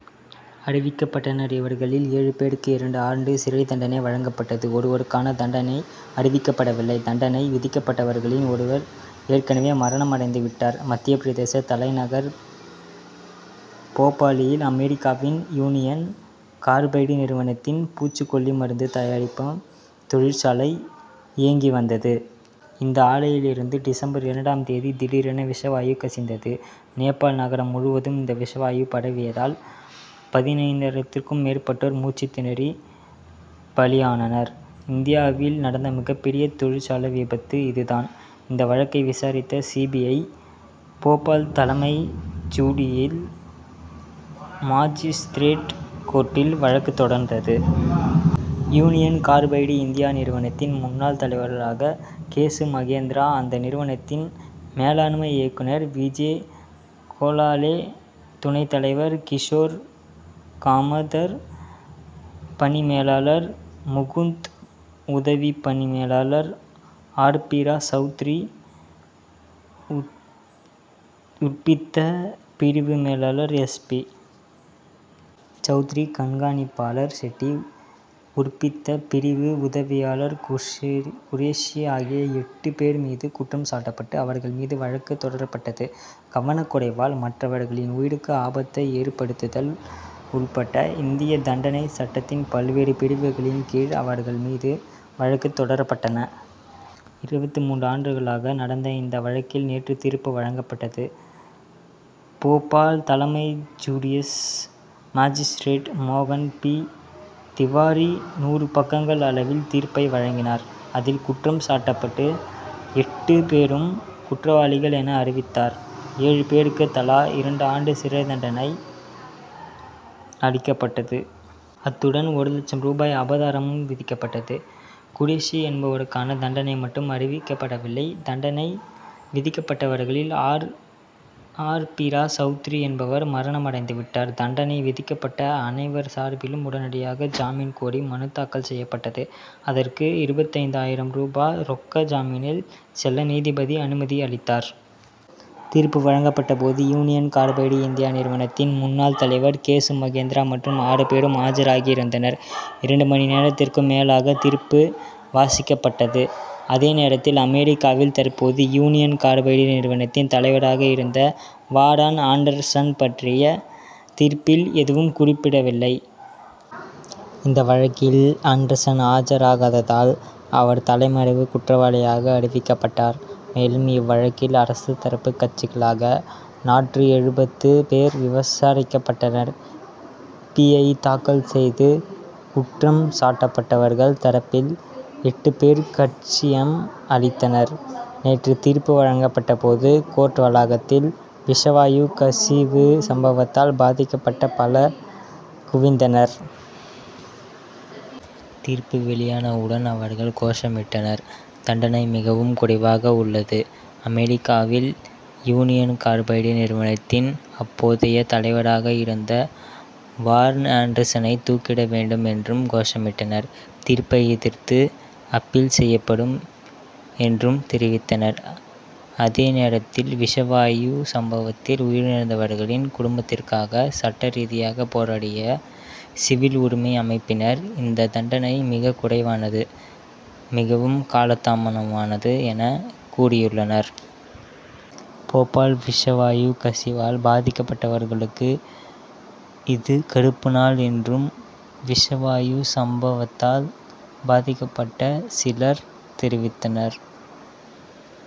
அறிவிக்கப்பட்டனர். இவர்களில் ஏழு பேருக்கு இரண்டு ஆண்டு சிறைத் தண்டனை வழங்கப்பட்டது. ஒருவருக்கான தண்டனை அறிவிக்கப்படவில்லை. தண்டனை விதிக்கப்பட்டவர்களில் ஒருவர் ஏற்கனவே மரணம் அடைந்து விட்டார். மத்திய பிரதேச தலைநகர் போபாலில், அமெரிக்காவின் யூனியன் கார்பைடு நிறுவனத்தின் பூச்சிக்கொல்லி மருந்து தயாரிப்பு தொழிற்சாலை இயங்கி வந்தது. இந்த ஆலையிலிருந்து டிசம்பர் இரண்டாம் தேதி திடீரென விஷவாயு கசிந்தது. நேபாள் நகரம் முழுவதும் இந்த விஷவாயு பரவியதால், பதினைந்தாயிரத்திற்கும் மேற்பட்டோர் மூச்சுத் திணறி பலியாயினர். இந்தியாவில் நடந்த மிகப்பெரிய தொழிற்சாலை விபத்து இதுதான். இந்த வழக்கை விசாரித்த சி. பி. ஐ., போபால் தலைமை ஜுடியில் மாஜிஸ்திரேட் கோர்ட்டில் வழக்கு தொடர்ந்தது. யூனியன் கார்பைடு இந்தியா நிறுவனத்தின் முன்னாள் தலைவராக கேசுப் மகேந்திரா, அந்த நிறுவனத்தின் மேலாண்மை இயக்குனர் விஜ கோலளே, துணைத் தலைவர் கிஷோர் காம்தர், பணி மேலாளர் முகுந்த், உதவி பணி மேலாளர் ஆர். பி. ரா சவுத்ரி, உற்பித்த பிரிவு மேலாளர் எஸ். பி. சவுத்ரி, கண்காணிப்பாளர் ஷெட்டி, உற்பித்த பிரிவு உதவியாளர் குர்ஷி குரேஷி ஆகிய எட்டு பேர் மீது குற்றம் சாட்டப்பட்டு, அவர்கள் மீது வழக்கு தொடரப்பட்டது. கவனக்குறைவால் மற்றவர்களின் உயிருக்கு ஆபத்தை ஏற்படுத்துதல் உட்பட இந்திய தண்டனை சட்டத்தின் பல்வேறு பிரிவுகளின் கீழ், அவர்கள் மீது வழக்கு தொடரப்பட்டன. இருபத்து மூன்று ஆண்டுகளாக நடந்த இந்த வழக்கில் நேற்று தீர்ப்பு வழங்கப்பட்டது. போபால் தலைமை ஜுடிசிச் மாஜிஸ்திரேட் மோகன் பி. திவாரி, நூறு பக்கங்கள் அளவில் தீர்ப்பை வழங்கினார். அதில், குற்றம் சாட்டப்பட்ட எட்டு பேரும் குற்றவாளிகள் என, அறிவித்தார். ஏழு பேருக்கு தலா இரண்டு ஆண்டு சிறைத் தண்டனை அளிக்கப்பட்டது. அத்துடன் ஒரு லட்சம் ரூபாய் அபராதமும் விதிக்கப்பட்டது. குரேஷி என்பவருக்கான தண்டனை மட்டும் அறிவிக்கப்படவில்லை. தண்டனை விதிக்கப்பட்டவர்களில் ஆர். பி. ரா சவுத்ரி என்பவர் மரணம் அடைந்து விட்டார். தண்டனை விதிக்கப்பட்ட அனைவர் சார்பிலும் உடனடியாக, ஜாமீன் கோரி மனு தாக்கல் செய்யப்பட்டது. அதற்கு இருபத்தைந்து ஆயிரம் ரூபா ரொக்க ஜாமீனில் செல்ல நீதிபதி அனுமதி அளித்தார். தீர்ப்பு வழங்கப்பட்ட போது, யூனியன் கார்பைடு இந்தியா நிறுவனத்தின், முன்னாள் தலைவர் கேசுப் மகேந்திரா மற்றும் ஆறு பேரும் ஆஜராகி இருந்தனர். இரண்டு மணி நேரத்திற்கும் மேலாக தீர்ப்பு வாசிக்கப்பட்டது. அதே நேரத்தில், அமெரிக்காவில் தற்போது யூனியன் கார்பைடு நிறுவனத்தின் தலைவராக இருந்த வாரன் ஆன்டர்சன் பற்றிய தீர்ப்பில் எதுவும் குறிப்பிடப்படவில்லை. இந்த வழக்கில் ஆன்டர்சன் ஆஜராகாததால், அவர் தலைமறைவு குற்றவாளியாக அறிவிக்கப்பட்டார். மேலும், இவ்வழக்கில் அரசு தரப்பு கட்சிகளாக நூற்று எழுபத்தெட்டு பேர் விசாரிக்கப்பட்டனர். பி. ஐ., தாக்கல் செய்து. குற்றம் சாட்டப்பட்டவர்கள் தரப்பில் எட்டு பேர் கட்சியம் அளித்தனர். நேற்று தீர்ப்பு வழங்கப்பட்ட போது, கோர்ட் வளாகத்தில், விஷவாயு கசிவு சம்பவத்தால் பாதிக்கப்பட்ட பலர் குவிந்திருந்தனர். தீர்ப்பு வெளியானவுடன் அவர்கள் கோஷமிட்டனர். தண்டனை மிகவும் குறைவாக உள்ளது. அமெரிக்காவில் யூனியன் கார்பைடு நிறுவனத்தின் அப்போதைய தலைவராக இருந்த வாரன் ஆன்டர்சனை தூக்கிலிட வேண்டும்' என்றும் கோஷமிட்டனர். தீர்ப்பை எதிர்த்து அப்பீல் செய்யப்படும் என்றும் தெரிவித்தனர். அதேநேரத்தில், விஷவாயு கசிவு சம்பவத்தில் உயிரிழந்தவர்களின் குடும்பத்திற்காக சட்ட ரீதியாக போராடிய சிவில் உரிமை அமைப்பினர், இந்தத் தண்டனை மிக குறைவானது, மிகவும் காலதாமதமானது என, கூறியுள்ளனர். போபால் விஷவாயு கசிவால் பாதிக்கப்பட்டவர்களுக்கு இது கறுப்பு நாள் என்றும் விஷ வாயு சம்பவத்தால் பாதிக்கப்பட்ட சிலர் தெரிவித்தனர்.